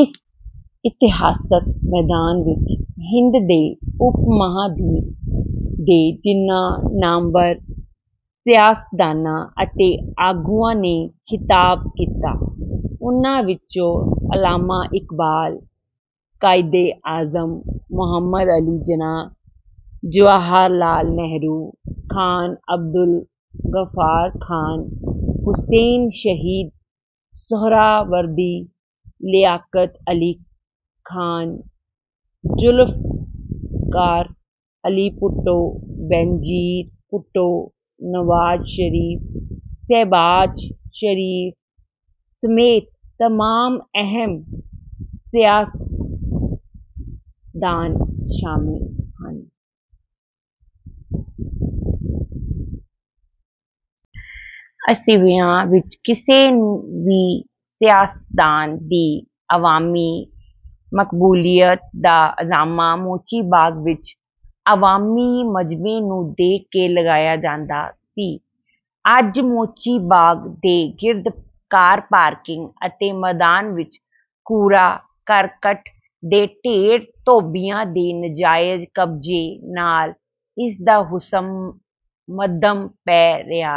ਇਸ ਇਤਿਹਾਸਕ ਮੈਦਾਨ ਵਿੱਚ ਹਿੰਦ ਦੇ ਉਪ-ਮਹਾਂਦੀਪ ਦੇ ਜਿਨ੍ਹਾਂ ਨਾਮਵਰ ਸਿਆਸਤਦਾਨਾਂ ਅਤੇ ਆਗੂਆਂ ਨੇ ਖ਼ਿਤਾਬ ਕੀਤਾ, ਉਨ੍ਹਾਂ ਵਿੱਚ ਅੱਲਾਮਾ ਇਕਬਾਲ, ਕ਼ਾਇਦੇ ਆਜ਼ਮ ਮੁਹੰਮਦ ਅਲੀ ਜਿਨਾਹ, ਜਵਾਹਰ ਲਾਲ ਨਹਿਰੂ, ਖ਼ਾਨ ਅਬਦੁਲ ਗ਼ੱਫ਼ਾਰ ਖ਼ਾਨ, ਹੁਸੈਨ ਸ਼ਹੀਦ ਸੁਹਰਾਵਰਦੀ, ਲਿਆਕਤ ਅਲੀ ਖ਼ਾਨ, ਜ਼ੁਲਫ਼ਕਾਰ ਅਲੀ ਭੁੱਟੋ, ਬੇਨਜ਼ੀਰ ਭੁੱਟੋ, ਨਵਾਜ਼ ਸ਼ਰੀਫ਼, ਸ਼ਹਿਬਾਜ਼ ਸ਼ਰੀਫ਼ ਸਮੇਤ ਤਮਾਮ ਅਹਿਮ ਸਿਆਸਤਦਾਨ ਸ਼ਾਮਿਲ ਹਨ। ਅੱਸੀਵਿਆਂ ਵਿੱਚ ਕਿਸੇ ਵੀ ਸਿਆਸਤਦਾਨ ਦੀ ਅਵਾਮੀ ਮਕਬੂਲੀਅਤ ਦਾ ਅੰਦਾਜ਼ਾ ਮੋਚੀ ਬਾਗ਼ ਵਿੱਚ ਅਵਾਮੀ ਮਜਮੇ ਨੂੰ ਦੇਖ ਕੇ ਲਗਾਇਆ ਜਾਂਦਾ ਸੀ। ਅੱਜ ਮੋਚੀ ਬਾਗ਼ ਦੇ ਗਿਰਦ ਕਾਰ ਪਾਰਕਿੰਗ ਅਤੇ ਮੈਦਾਨ ਵਿੱਚ ਕੂੜਾ-ਕਰਕਟ ਦੇ ਢੇਰ ਅਤੇ ਧੋਬੀਆਂ ਦੇ ਨਾਜ਼ਾਇਜ਼ ਕਬਜ਼ੇ ਨਾਲ ਇਸ ਦਾ ਹੁਸਨ ਮੱਧਮ ਪੈ ਰਿਹਾ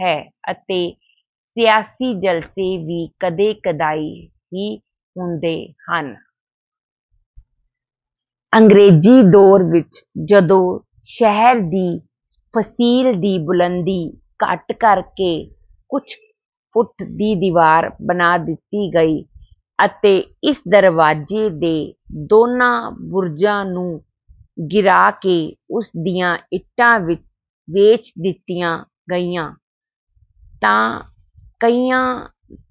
ਹੈ ਅਤੇ ਸਿਆਸੀ ਜਲਸੇ ਵੀ ਕਦੇ-ਕਦਾਈਂ ਹੀ ਹੁੰਦੇ ਹਨ। ਅੰਗਰੇਜ਼ੀ ਦੌਰ ਵਿੱਚ ਜਦੋਂ ਸ਼ਹਿਰ ਦੀ ਫ਼ਸੀਲ ਦੀ ਬੁਲੰਦੀ ਘੱਟ ਕਰ ਕੇ ਕੁਝ ਫੁੱਟ ਦੀ ਦੀਵਾਰ ਬਣਾ ਦਿੱਤੀ ਗਈ ਅਤੇ ਇਸ ਦਰਵਾਜ਼ੇ ਦੇ ਦੋਨਾਂ ਬੁਰਜਾਂ ਨੂੰ ਗਿਰਾ ਕੇ ਉਸ ਦੀਆਂ ਇੱਟਾਂ ਵੇਚ ਦਿੱਤੀਆਂ ਗਈਆਂ, ਤਾਂ ਕਈਆਂ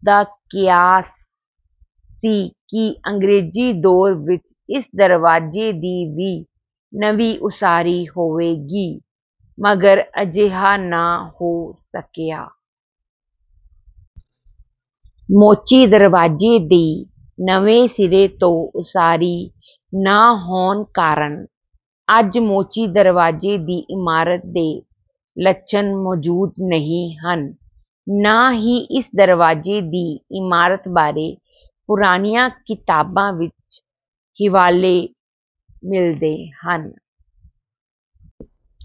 ਦਾ ਕਿਆਸ ਸੀ ਕਿ ਅੰਗਰੇਜ਼ੀ ਦੌਰ ਵਿੱਚ ਇਸ ਦਰਵਾਜ਼ੇ ਦੀ ਵੀ ਨਵੀਂ ਉਸਾਰੀ ਹੋਵੇਗੀ, ਮਗਰ ਅਜਿਹਾ ਨਾ ਹੋ ਸਕਿਆ। ਮੋਚੀ ਦਰਵਾਜ਼ੇ ਦੀ ਨਵੇਂ ਸਿਰੇ ਤੋਂ ਉਸਾਰੀ ਨਾ ਹੋਣ ਕਾਰਨ ਅੱਜ ਮੋਚੀ ਦਰਵਾਜ਼ੇ ਦੀ ਇਮਾਰਤ ਦੇ ਲੱਛਣ ਮੌਜੂਦ ਨਹੀਂ ਹਨ, ਨਾ ਹੀ ਇਸ ਦਰਵਾਜ਼ੇ ਦੀ ਇਮਾਰਤ ਬਾਰੇ ਪੁਰਾਣੀਆਂ ਕਿਤਾਬਾਂ ਵਿੱਚ ਹਵਾਲੇ ਮਿਲਦੇ ਹਨ।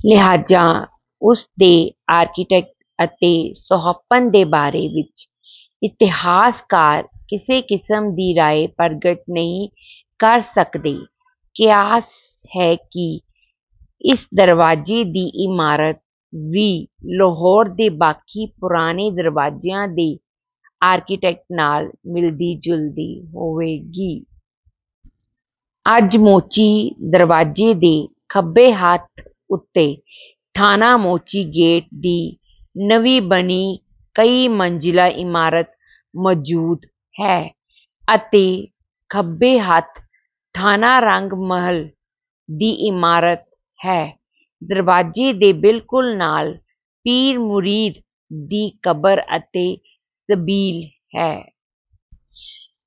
ਲਿਹਾਜ਼ਾ ਉਸ ਦੇ ਆਰਕੀਟੈਕਟ ਅਤੇ ਸੁਹੱਪਣ ਦੇ ਬਾਰੇ ਵਿੱਚ ਇਤਿਹਾਸਕਾਰ ਕਿਸੇ ਕਿਸਮ ਦੀ ਰਾਏ ਪ੍ਰਗਟ ਨਹੀਂ ਕਰ ਸਕਦੇ। ਕਿਆਸ ਹੈ ਕਿ ਇਸ ਦਰਵਾਜ਼ੇ ਦੀ ਇਮਾਰਤ ਵੀ ਲਾਹੌਰ ਦੇ ਬਾਕੀ ਪੁਰਾਣੇ ਦਰਵਾਜ਼ਿਆਂ ਦੇ ਆਰਕੀਟੈਕਟ ਨਾਲ ਮਿਲਦੀ-ਜੁਲਦੀ ਹੋਵੇਗੀ। ਅੱਜ ਮੋਚੀ ਦਰਵਾਜ਼ੇ ਦੇ ਖੱਬੇ ਹੱਥ ਉੱਤੇ ਥਾਣਾ ਮੋਚੀ ਗੇਟ ਦੀ ਨਵੀਂ ਬਣੀ ਕਈ-ਮੰਜ਼ਿਲਾ ਇਮਾਰਤ ਮੌਜੂਦ ਹੈ ਅਤੇ ਖੱਬੇ ਹੱਥ ਥਾਣਾ ਰੰਗ-ਮਹਲ ਦੀ ਇਮਾਰਤ ਹੈ। ਦਰਵਾਜ਼ੇ ਦੇ ਬਿਲਕੁਲ ਨਾਲ ਪੀਰ ਮੁਰੀਦ ਦੀ ਕਬਰ ਅਤੇ ਸਬੀਲ ਹੈ।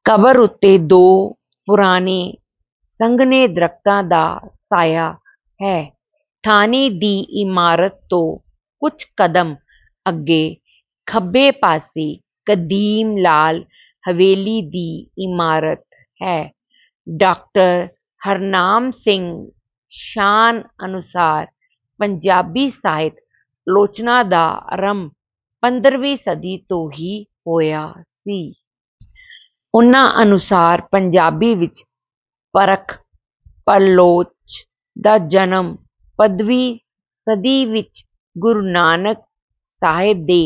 ਕਬਰ ਉੱਤੇ ਦੋ ਪੁਰਾਣੇ ਸੰਘਣੇ ਦਰਖਤਾਂ ਦਾ ਸਾਇਆ ਹੈ। ਥਾਣੇ ਦੀ ਇਮਾਰਤ ਤੋਂ ਕੁਝ ਕ਼ਦਮ ਅੱਗੇ ਖੱਬੇ ਪਾਸੇ ਕਦੀਮ ਲਾਲ ਹਵੇਲੀ ਦੀ ਇਮਾਰਤ ਹੈ। ਡਾਕਟਰ ਹਰਨਾਮ ਸਿੰਘ ਸ਼ਾਨ ਅਨੁਸਾਰ ਪੰਜਾਬੀ ਸਾਹਿਤ-ਆਲੋਚਨਾ ਦਾ ਆਰੰਭ ਪੰਦਰਵੀਂ ਸਦੀ ਤੋਂ ਹੀ ਹੋਇਆ ਸੀ। ਉਨ੍ਹਾਂ ਅਨੁਸਾਰ ਪੰਜਾਬੀ ਵਿੱਚ ਪਰਖ-ਪੜਚੋਲ ਦਾ ਜਨਮ, ਪੰਦਵੀਂ ਸਦੀ ਵਿੱਚ ਗੁਰੂ ਨਾਨਕ ਸਾਹਿਬ ਦੇ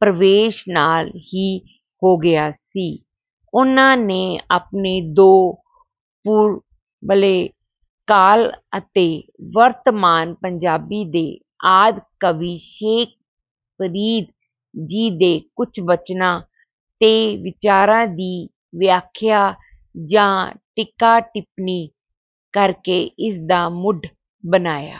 ਪ੍ਰਵੇਸ਼ ਨਾਲ ਹੀ ਹੋ ਗਿਆ ਸੀ। ਉਨ੍ਹਾਂ ਨੇ ਆਪਣੇ ਤੋਂ ਪੂਰਬਲੇ ਕਾਲ ਅਤੇ ਵਰਤਮਾਨ ਪੰਜਾਬੀ ਦੇ ਆਦਿ ਕਵੀ ਸ਼ੇਖ ਫਰੀਦ ਜੀ ਦੇ ਕੁਝ ਬਚਨਾਂ ਤੇ ਵਿਚਾਰਾਂ ਦੀ ਵਿਆਖਿਆ ਜਾਂ ਟੀਕਾ-ਟਿੱਪਣੀ ਕਰਕੇ ਇਸ ਦਾ ਮੁੱਢ ਬੰਨ੍ਹਿਆ।